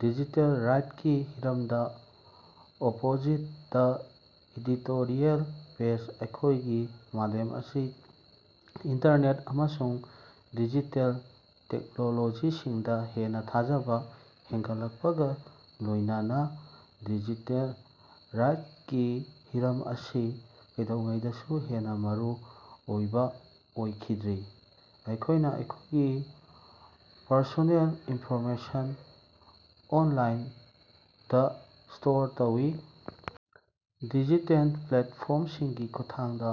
Digital ꯔꯥꯏꯠꯁꯀꯤ ꯍꯤꯔꯝꯗꯥ opposite ꯗꯥ ꯢꯗꯤꯇꯣꯔꯤꯑꯦꯜ ꯄꯦꯖ ꯑꯩꯈꯣꯏꯒꯤ ꯃꯥꯂꯦꯝ ꯑꯁꯤ ꯏꯟꯇꯔꯅꯦꯠ ꯑꯃꯁꯨꯡ ꯗꯤꯖꯤꯇꯦꯜ ꯇꯦꯛꯅꯣꯂꯣꯖꯤꯁꯤꯡꯗꯥ ꯍꯦꯟꯅꯥ ꯊꯥꯖꯕꯥ ꯍꯦꯟꯒꯠꯂꯛꯄꯒꯥ ꯂꯣꯏꯅꯅꯥ ꯗꯤꯖꯤꯇꯦꯜ ꯔꯥꯏꯠꯁꯀꯤ ꯍꯤꯔꯝ ꯑꯁꯤ ꯀꯩꯗꯧꯉꯩꯗꯁꯨ ꯍꯦꯟꯅꯥ ꯃꯔꯨꯑꯣꯏꯕꯥ ꯑꯣꯏꯈꯤꯗ꯭ꯔꯤ꯫ ꯑꯩꯈꯣꯏꯅꯥ ꯑꯩꯈꯣꯏꯒꯤ ꯄꯔꯁꯣꯅꯦꯜ ꯏꯟꯐꯣꯔꯃꯦꯁꯟ ꯑꯣꯟꯂꯥꯏꯟꯗꯥ ꯁ꯭ꯇꯣꯔ ꯇꯧꯏ, ꯗꯤꯖꯤꯇꯦꯜ ꯄ꯭ꯂꯦꯠꯐꯣꯝꯁꯤꯡꯒꯤ ꯈꯨꯠꯊꯥꯡꯗꯥ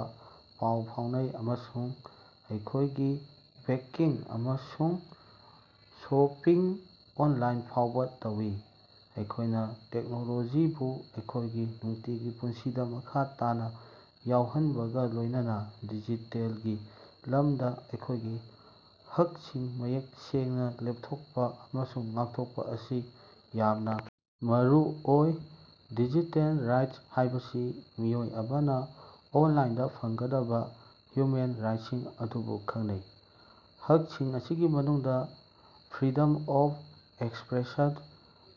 ꯄꯥꯎ ꯐꯥꯎꯅꯩ ꯑꯃꯁꯨꯡ ꯑꯩꯈꯣꯏꯒꯤ ꯕꯦꯡꯀꯤꯡ ꯑꯃꯁꯨꯡ ꯁꯣꯄꯤꯡ ꯑꯣꯟꯂꯥꯏꯟ ꯐꯥꯎꯕꯥ ꯇꯧꯏ꯫ ꯑꯩꯈꯣꯏꯅꯥ ꯇꯦꯛꯅꯣꯂꯣꯖꯤꯕꯨ ꯑꯩꯈꯣꯏꯒꯤ ꯅꯨꯡꯇꯤꯒꯤ ꯄꯨꯟꯁꯤꯗꯥ ꯃꯈꯥ ꯇꯥꯅꯥ ꯌꯥꯎꯍꯟꯕꯒꯥ ꯂꯣꯏꯅꯅꯥ ꯗꯤꯖꯤꯇꯦꯜꯒꯤ ꯂꯝꯗꯥ ꯑꯩꯈꯣꯏꯒꯤ ꯍꯛꯁꯤꯡ ꯃꯌꯦꯛ ꯁꯦꯡꯅꯥ ꯂꯦꯞꯊꯣꯛꯄꯥ ꯑꯃꯁꯨꯡ ꯉꯥꯛꯊꯣꯛꯄꯥ ꯑꯁꯤ ꯌꯥꯝꯅꯥ ꯃꯔꯨꯑꯣꯏ꯫ ꯗꯤꯖꯤꯇꯦꯜ ꯔꯥꯏꯠꯁ ꯍꯥꯏꯕꯁꯤ ꯃꯤꯑꯣꯏ ꯑꯃꯅꯥ ꯑꯣꯟꯂꯥꯏꯟꯗꯥ ꯐꯪꯒꯗꯕꯥ ꯍ꯭ꯌꯨꯃꯦꯟ ꯔꯥꯏꯠꯁꯤꯡ ꯑꯗꯨꯕꯨ ꯈꯪꯅꯩ꯫ ꯍꯛꯁꯤꯡ ꯑꯁꯤꯒꯤ ꯃꯅꯨꯡꯗꯥ ꯐ꯭ꯔꯤꯗꯝ ꯑꯣꯐ ꯑꯦꯛꯁꯄ꯭ꯔꯦꯁꯟ,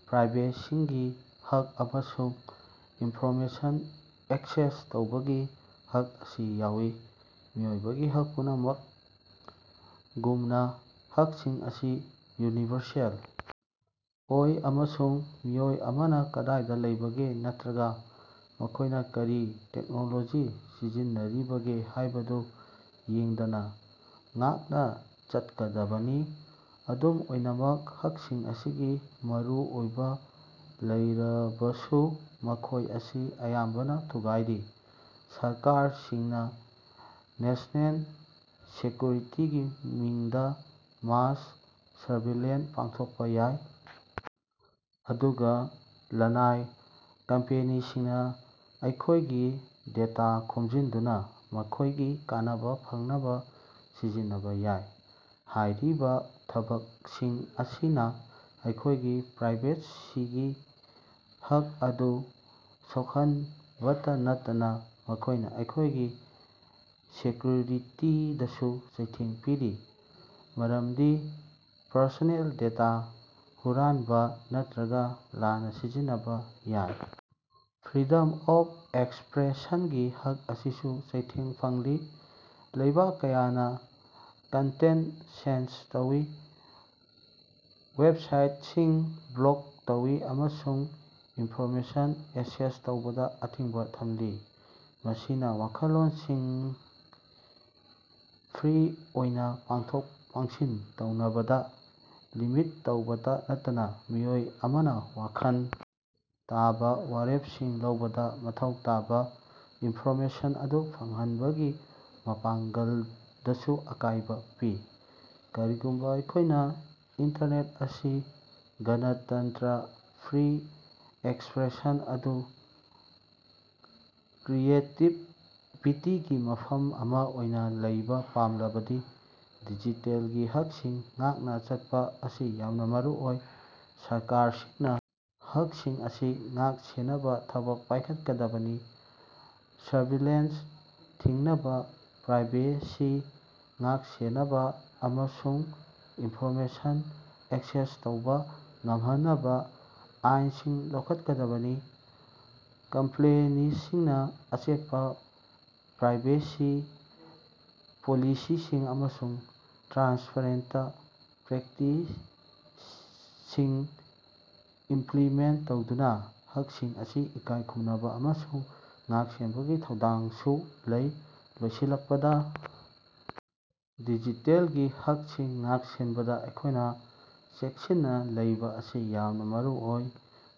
ꯄ꯭ꯔꯥꯏꯚꯦꯁꯤꯒꯤ ꯍꯛ ꯑꯃꯁꯨꯡ ꯏꯟꯐꯣꯔꯃꯦꯁꯟ ꯑꯦꯛꯁꯦꯁ ꯇꯧꯕꯒꯤ ꯍꯛ ꯑꯁꯤ ꯌꯥꯎꯏ꯫ ꯃꯤꯑꯣꯏꯕꯒꯤ ꯍꯛ ꯄꯨꯝꯅꯃꯛꯒꯨꯝꯅꯥ, ꯍꯛꯁꯤꯡ ꯑꯁꯤ ꯌꯨꯅꯤꯚꯔꯁꯦꯜ ꯑꯣꯏ ꯑꯃꯁꯨꯡ ꯃꯤꯑꯣꯏ ꯑꯃꯅꯥ ꯀꯗꯥꯏꯗꯥ ꯂꯩꯕꯒꯦ ꯅꯠꯇ꯭ꯔꯒꯥ ꯃꯈꯣꯏꯅꯥ ꯀꯔꯤ ꯇꯦꯛꯅꯣꯂꯣꯖꯤ ꯁꯤꯖꯤꯟꯅꯔꯤꯕꯒꯦ ꯍꯥꯏꯕꯗꯨ ꯌꯦꯡꯗꯅꯥ ꯉꯥꯛꯅꯥ ꯆꯠꯀꯗꯕꯅꯤ꯫ ꯑꯗꯨꯝ ꯑꯣꯏꯅꯃꯛ ꯍꯛꯁꯤꯡ ꯑꯁꯤꯒꯤ ꯃꯔꯨꯑꯣꯏꯕꯥ ꯂꯩꯔꯕꯁꯨ ꯃꯈꯣꯏ ꯑꯁꯤ ꯑꯌꯥꯝꯕꯅꯥ ꯊꯨꯒꯥꯏꯔꯤ꯫ ꯁꯔꯀꯥꯔꯁꯤꯡꯅꯥ ꯅꯦꯁ꯭ꯅꯦꯜ ꯁꯦꯀ꯭ꯌꯨꯔꯤꯇꯤꯒꯤ ꯃꯤꯡꯗꯥ ꯃꯥꯁ ꯁꯔꯚꯤꯂꯦꯟꯁ ꯄꯥꯡꯊꯣꯛꯄꯥ ꯌꯥꯏ, ꯑꯗꯨꯒꯥ ꯂꯅꯥꯏ ꯀꯝꯄꯦꯅꯤꯁꯤꯡꯅꯥ ꯑꯩꯈꯣꯏꯒꯤ ꯗꯦꯇꯥ ꯈꯣꯝꯖꯤꯟꯗꯨꯅꯥ ꯃꯈꯣꯏꯒꯤ ꯀꯥꯟꯅꯕꯥ ꯐꯪꯅꯕꯥ ꯁꯤꯖꯤꯟꯅꯕꯥ ꯌꯥꯏ꯫ ꯍꯥꯏꯔꯤꯕꯥ ꯊꯕꯛꯁꯤꯡ ꯑꯁꯤꯅꯥ ꯑꯩꯈꯣꯏꯒꯤ ꯄ꯭ꯔꯥꯏꯚꯦꯁꯤꯒꯤ ꯍꯛ ꯑꯗꯨ ꯁꯣꯛꯍꯟꯕꯇꯥ ꯅꯠꯇꯅꯥ, ꯃꯈꯣꯏꯅꯥ ꯑꯩꯈꯣꯏꯒꯤ ꯁꯦꯀ꯭ꯌꯨꯔꯤꯇꯤꯗꯁꯨ ꯆꯩꯊꯦꯡ ꯄꯤꯔꯤ, ꯃꯔꯝꯗꯤ ꯄꯔꯁꯣꯅꯦꯜ ꯗꯦꯇꯥ ꯍꯨꯔꯥꯟꯕꯥ ꯅꯠꯇ꯭ꯔꯒꯥ ꯂꯥꯟꯅꯥ ꯁꯤꯖꯤꯟꯅꯕꯥ ꯌꯥꯏ꯫ ꯐ꯭ꯔꯤꯗꯝ ꯑꯣꯐ ꯑꯦꯛꯁꯄ꯭ꯔꯦꯁꯟꯒꯤ ꯍꯛ ꯑꯁꯤꯁꯨ ꯆꯩꯊꯦꯡ ꯐꯪꯂꯤ꯫ ꯂꯩꯕꯥꯛ ꯀꯌꯥꯅꯥ ꯀꯟꯇꯦꯟꯇ ꯁꯦꯟꯁ ꯇꯧꯏ, ꯋꯦꯞꯁꯥꯏꯠꯁꯤꯡ ꯕ꯭ꯂꯣꯛ ꯇꯧꯏ ꯑꯃꯁꯨꯡ ꯏꯟꯐꯣꯔꯃꯦꯁꯟ ꯑꯦꯛꯁꯦꯁ ꯇꯧꯕꯗꯥ ꯑꯊꯤꯡꯕꯥ ꯊꯝꯂꯤ꯫ ꯃꯁꯤꯅꯥ ꯋꯥꯈꯜꯂꯣꯟꯁꯤꯡ ꯐ꯭ꯔꯤ ꯑꯣꯏꯅꯥ ꯄꯤꯊꯣꯛ-ꯄꯤꯁꯤꯟ ꯇꯧꯅꯕꯗꯥ ꯂꯤꯃꯤꯠ ꯇꯧꯕꯇꯥ ꯅꯠꯇꯅꯥ, ꯃꯤꯑꯣꯏ ꯑꯃꯅꯥ ꯋꯥꯈꯜ ꯇꯥꯕꯥ ꯋꯥꯔꯦꯞꯁꯤꯡ ꯂꯧꯕꯗꯥ ꯃꯊꯧ ꯇꯥꯕꯥ ꯏꯟꯐꯣꯔꯃꯦꯁꯟ ꯑꯗꯨ ꯐꯪꯍꯟꯕꯒꯤ ꯃꯄꯥꯡꯒꯜꯗꯁꯨ ꯑꯀꯥꯏꯕꯥ ꯄꯤ꯫ ꯀꯔꯤꯒꯨꯝꯕꯥ ꯑꯩꯈꯣꯏꯅꯥ ꯏꯟꯇꯔꯅꯦꯠ ꯑꯁꯤ ꯒꯅꯇꯟꯇ꯭ꯔ, ꯐ꯭ꯔꯤ ꯑꯦꯛꯁꯄ꯭ꯔꯦꯁꯟ ꯑꯃꯁꯨꯡ ꯀ꯭ꯔꯤꯌꯦꯇꯤꯕꯤꯇꯤꯒꯤ ꯃꯐꯝ ꯑꯃꯥ ꯑꯣꯏꯅꯥ ꯂꯩꯕꯥ ꯄꯥꯝꯂꯕꯗꯤ ꯗꯤꯖꯤꯇꯦꯜꯒꯤ ꯍꯛꯁꯤꯡ ꯉꯥꯛꯅꯥ ꯆꯠꯄꯥ ꯑꯁꯤ ꯌꯥꯝꯅꯥ ꯃꯔꯨꯑꯣꯏ꯫ ꯁꯔꯀꯥꯔꯁꯤꯡꯅꯥ ꯍꯛꯁꯤꯡ ꯑꯁꯤ ꯉꯥꯛ-ꯁꯦꯟꯅꯕꯥ ꯊꯕꯛ ꯄꯥꯏꯈꯠꯀꯗꯕꯅꯤ, ꯁꯔꯚꯤꯂꯦꯟꯁ ꯊꯤꯡꯅꯕꯥ, ꯄ꯭ꯔꯥꯏꯚꯦꯁꯤ ꯉꯥꯛ-ꯁꯦꯟꯅꯕꯥ ꯑꯃꯁꯨꯡ ꯏꯟꯐꯣꯔꯃꯦꯁꯟ ꯑꯦꯛꯁꯦꯁ ꯇꯧꯕꯥ ꯉꯝꯍꯟꯅꯕꯥ ꯑꯥꯏꯟꯁꯤꯡ ꯂꯧꯈꯠꯀꯗꯕꯅꯤ꯫ ꯀꯝꯄꯦꯅꯤꯁꯤꯡꯅꯥ ꯑꯆꯦꯠꯄꯥ ꯄ꯭ꯔꯥꯏꯕꯦꯁꯤ ꯄꯣꯂꯤꯁꯤꯁꯤꯡ ꯑꯃꯁꯨꯡ ꯇ꯭ꯔꯥꯟꯁꯄꯔꯦꯟꯇ ꯄ꯭ꯔꯦꯛꯇꯤꯁꯁꯤꯡ ꯏꯝꯄ꯭ꯂꯤꯃꯦꯟꯇ ꯇꯧꯗꯨꯅꯥ ꯍꯛꯁꯤꯡ ꯑꯁꯤ ꯏꯀꯥꯏꯈꯨꯝꯅꯕꯥ ꯑꯃꯁꯨꯡ ꯉꯥꯛ-ꯁꯦꯟꯕꯒꯤ ꯊꯧꯗꯥꯡꯁꯨ ꯂꯩ꯫ ꯂꯣꯏꯁꯤꯜꯂꯛꯄꯗꯥ, ꯗꯤꯖꯤꯇꯦꯜꯒꯤ ꯍꯛꯁꯤꯡ ꯉꯥꯛ-ꯁꯦꯟꯕꯗꯥ ꯑꯩꯈꯣꯏꯅꯥ ꯆꯦꯛꯁꯤꯟꯅꯥ ꯂꯩꯕꯥ ꯑꯁꯤ ꯌꯥꯝꯅꯥ ꯃꯔꯨ ꯑꯣꯏ꯫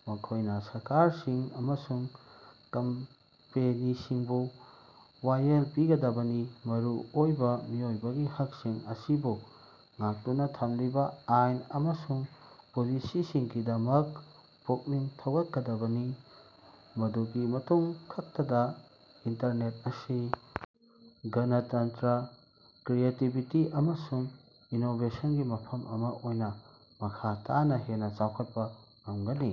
ꯑꯩꯈꯣꯏꯅꯥ ꯁꯔꯀꯥꯔꯁꯤꯡ ꯑꯃꯁꯨꯡ ꯀꯝꯄꯦꯅꯤꯁꯤꯡꯕꯨ ꯋꯥꯌꯦꯜ ꯄꯤꯒꯗꯕꯅꯤ, ꯃꯔꯨ ꯑꯣꯏꯕꯥ ꯃꯤꯑꯣꯏꯕꯒꯤ ꯍꯛꯁꯤꯡ ꯑꯁꯤꯕꯨ ꯉꯥꯛꯇꯨꯅꯥ ꯊꯝꯂꯤꯕꯥ ꯑꯥꯏꯟ ꯑꯃꯁꯨꯡ ꯄꯣꯂꯤꯁꯤꯁꯤꯡꯒꯤꯗꯃꯛ ꯄꯨꯛꯅꯤꯡ ꯊꯧꯒꯠꯀꯗꯕꯅꯤ꯫ ꯃꯗꯨꯒꯤ ꯃꯇꯨꯡ ꯈꯛꯇꯗꯥ ꯏꯟꯇꯔꯅꯦꯠ ꯑꯁꯤ ꯒꯅꯇꯟꯇ꯭ꯔ, ꯀ꯭ꯔꯤꯌꯦꯇꯤꯕꯤꯇꯤ, ꯑꯃꯁꯨꯡ ꯏꯅꯣꯕꯦꯁꯟꯒꯤ ꯃꯐꯝ ꯑꯃꯥ ꯑꯣꯏꯅꯥ ꯃꯈꯥ ꯇꯥꯅꯥ ꯍꯦꯟꯅꯥ ꯆꯥꯎꯈꯠꯄꯥ ꯉꯝꯒꯅꯤ꯫